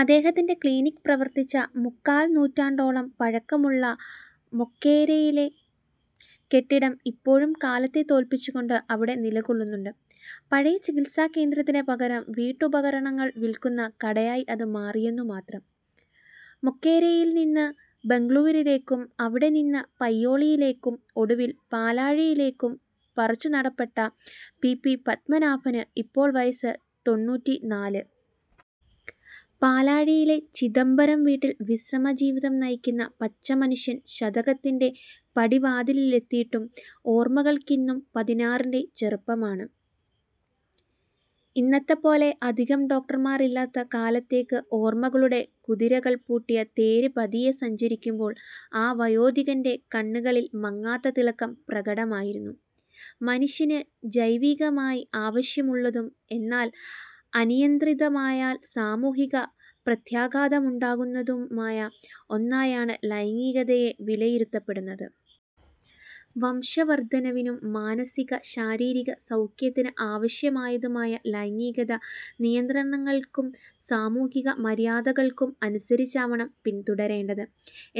അദ്ദേഹത്തിന്റെ ക്ലിനിക് പ്രവർത്തിച്ച മുക്കാൽനൂറ്റാണ്ടോളം പഴക്കമുള്ള മൊകേരിയിലെ കെട്ടിടം ഇപ്പോഴും കാലത്തെ തോൽപ്പിച്ചുകൊണ്ട് അവിടെ നിലകൊള്ളുന്നുണ്ട്. പഴയ ചികിത്സാകേന്ദ്രത്തിന് പകരം വീട്ടുപകരണങ്ങൾ വിൽക്കുന്ന കടയായി അതു മാറിയെന്നുമാത്രം. മൊകേരിയിൽനിന്ന് ബെംഗളൂരുവിലേക്കും അവിടെനിന്ന് പയ്യോളിയിലേക്കും ഒടുവിൽ പാലാഴിയിലേക്കും പറി ച്ചുനടപ്പെട്ട പി. പി. പദ്മനാഭന് ഇപ്പോൾ വയസ്സ് തൊണ്ണൂറ്റിനാല്. പാലാഴിയിലെ 'ചിദംബരം'വീട്ടിൽ വിശ്രമജീവിതം നയിക്കുന്ന പച്ചമനുഷ്യൻ ശതകത്തിന്റെ പടിവാതിലിലെത്തിയിട്ടും ഓർമകൾക്കിന്നും പതിനാറിന്റെ ചെറുപ്പമാണ്. ഇന്നത്തെപ്പോലെ അധികം ഡോക്ടർമാരില്ലാത്ത കാലത്തേക്ക് ഓർമകളുടെ കുതിരകൾ പൂട്ടിയ തേര് പതിയെ സഞ്ചരിക്കുമ്പോൾ ആ വയോധികന്റെ കണ്ണുകളിൽ മങ്ങാത്ത തിളക്കം പ്രകടമായിരുന്നു. മനുഷ്യന് ജൈവികമായി ആവശ്യമുള്ളതും എന്നാല് അനിയന്ത്രിതമായാല് സാമൂഹിക പ്രത്യാഘാതമുണ്ടാക്കുന്നതുമായ ഒന്നായാണ് ലൈംഗികതയെ വിലയിരുത്തപ്പെടുന്നത്. വംശവർധനവിനും മാനസികശാരീരിക സൗഖ്യത്തിന് ആവശ്യമായതുമായ ലൈംഗികത, നിയന്ത്രണങ്ങള്ക്കും സാമൂഹിക മര്യാദകള്ക്കും അനുസരിച്ചാവണം പിന്തുടരേണ്ടത്.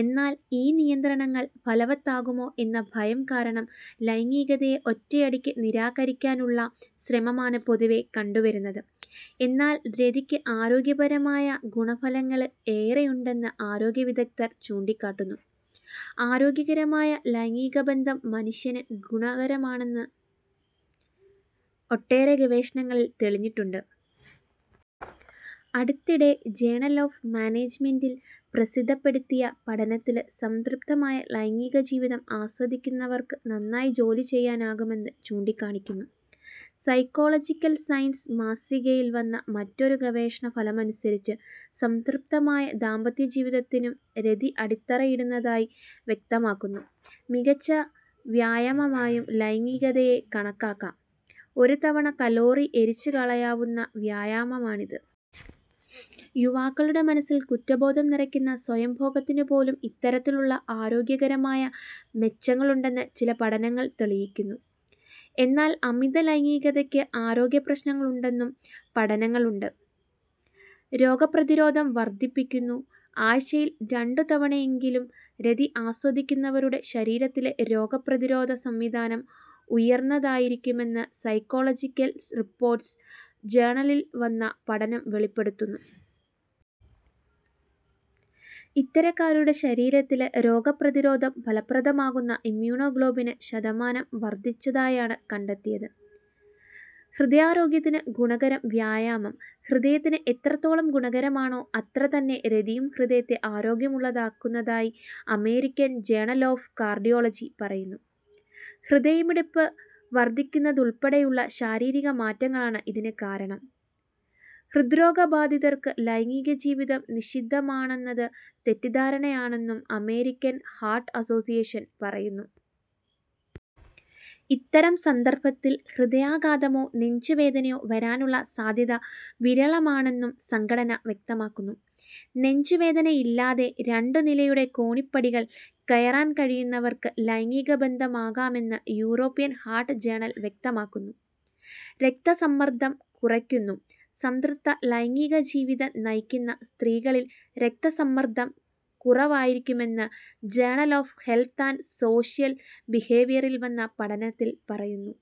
എന്നാല് ഈ നിയന്ത്രണങ്ങള് ഫലവത്താകുമോ എന്ന ഭയം കാരണം, ലൈംഗീകതയെ ഒറ്റയടിക്ക് നിരാകരിക്കാനുള്ള ശ്രമമാണ് പൊതുവേ കണ്ടുവരുന്നത്. എന്നാല് രതിക്ക് ആരോഗ്യപരമായ ഗുണഫലങ്ങള് ഏറെയുണ്ടെന്ന് ആരോഗ്യവിഗദ്ധർ ചൂണ്ടിക്കാട്ടുന്നു. ആരോഗ്യകരമായ ലൈംഗികബന്ധം മനുഷ്യന് ഗുണകരമാണെന്ന് ഒട്ടേറെ ഗവേഷണങ്ങളില് തെളിഞ്ഞിട്ടുണ്ട്. അടുത്തിടെ ജേണല് ഓഫ് മാനേജ്മെന്റില് പ്രസിദ്ധപ്പെടുത്തിയ പഠനത്തില് സംതൃപ്തമായ ലൈംഗീക ജീവിതം ആസ്വദിക്കുന്നവര്ക്ക് നന്നായി ജോലി ചെയ്യാനാകുമെന്ന് ചൂണ്ടിക്കാണിക്കുന്നു. സൈക്കോളിജക്കല് സയന്സ് മാസികയില് വന്ന മറ്റൊരു ഗവേഷണഫലമനുസരിച്ച് സംതൃപ്തമായ ദാമ്പത്യ ജീവിതത്തിനും രതി അടിത്തറയിടുന്നതായി വ്യക്തമാക്കുന്നു. മികച്ച വ്യായാമമായും ലൈംഗികതയെ കണക്കാക്കാം. ഒരു തവണ കലോറി എരിച്ചുകളയാവുന്ന വ്യായാമമാണിത്. യുവാക്കളുടെ മനസ്സില് കുറ്റബോധം നിറയ്ക്കുന്ന സ്വയംഭോഗത്തിനുപോലും ഇത്തരത്തിലുള്ള ആരോഗ്യകരമായ മെച്ചങ്ങളുണ്ടെന്ന് ചില പഠനങ്ങള് തെളിയിക്കുന്നു. എന്നാല് അമിത ലൈംഗികതയ്ക്ക് ആരോഗ്യപ്രശ്നങ്ങളുണ്ടെന്നും പഠനങ്ങളുണ്ട്. രോഗപ്രതിരോധം വർധിപ്പിക്കുന്നു ആഴ്ചയില് രണ്ടു തവണയെങ്കിലും രതി ആസ്വദിക്കുന്നവരുടെ ശരീരത്തിലെ രോഗപ്രതിരോധ സംവിധാനം ഉയർന്നതായിരിക്കുമെന്ന് സൈക്കോളജിക്കല് റിപ്പോർട്സ് ജേണലില് വന്ന പഠനം വെളിപ്പെടുത്തുന്നു. ഇത്തരക്കാരുടെ ശരീരത്തില് രോഗപ്രതിരോധം ഫലപ്രദമാക്കുന്ന ഇമ്യൂണോഗ്ലോബിന് ശതമാനം വർധിച്ചതായാണ് കണ്ടെത്തിയത്. ഹൃദയാരോഗ്യത്തിന് ഗുണകരം വ്യായാമം ഹൃദയത്തിന് എത്രത്തോളം ഗുണകരമാണോ അത്രതന്നെ രതിയും ഹൃദയത്തെ ആരോഗ്യമുള്ളതാക്കുന്നതായി അമേരിക്കന് ജേണല് ഓഫ് കാർഡിയോളജി പറയുന്നു. ഹൃദയമിടിപ്പ് വർധിക്കുന്നതുള്പ്പെടെയുള്ള ശാരീരികമാറ്റങ്ങളാണ് ഇതിനു കാരണം. ഹൃദ്രോഗബാധിതര്ക്ക് ലൈംഗീകജീവിതം നിഷിദ്ധമാണെന്നത് തെറ്റിദ്ധാരണയാണെന്നും അമേരിക്കന് ഹാർട്ട് അസോസിയേഷന് പറയുന്നു. ഇത്തരംസന്ദർഭത്തില് ഹൃദയാഘാതമോ, നെഞ്ച് വേദനയോ വരാനുള്ള സാധ്യത വിരളമാണെന്നും സംഘടന വ്യക്തമാക്കുന്നു. നെഞ്ചുവേദനയില്ലാതെ രണ്ടുനിലയുടെ കോണിപ്പടികള് കയറാന് കഴിയുന്നവർക്ക് ലൈംഗിക ബന്ധവുമാകാമെന്ന് യൂറോപ്യന് ഹാർട്ട് ജേണല് വ്യക്തമാക്കുന്നു. രക്തസമ്മർദ്ദം കുറയ്ക്കുന്നു സംതൃപ്ത ലൈംഗീകജീവിതം നയിക്കുന്ന സ്ത്രീകളില് രക്തസമ്മർദ്ദം കുറവായിരിക്കുമെന്ന് journal of health and social ബിഹേവിയറില് വന്ന പഠനത്തില് പറയുന്നു.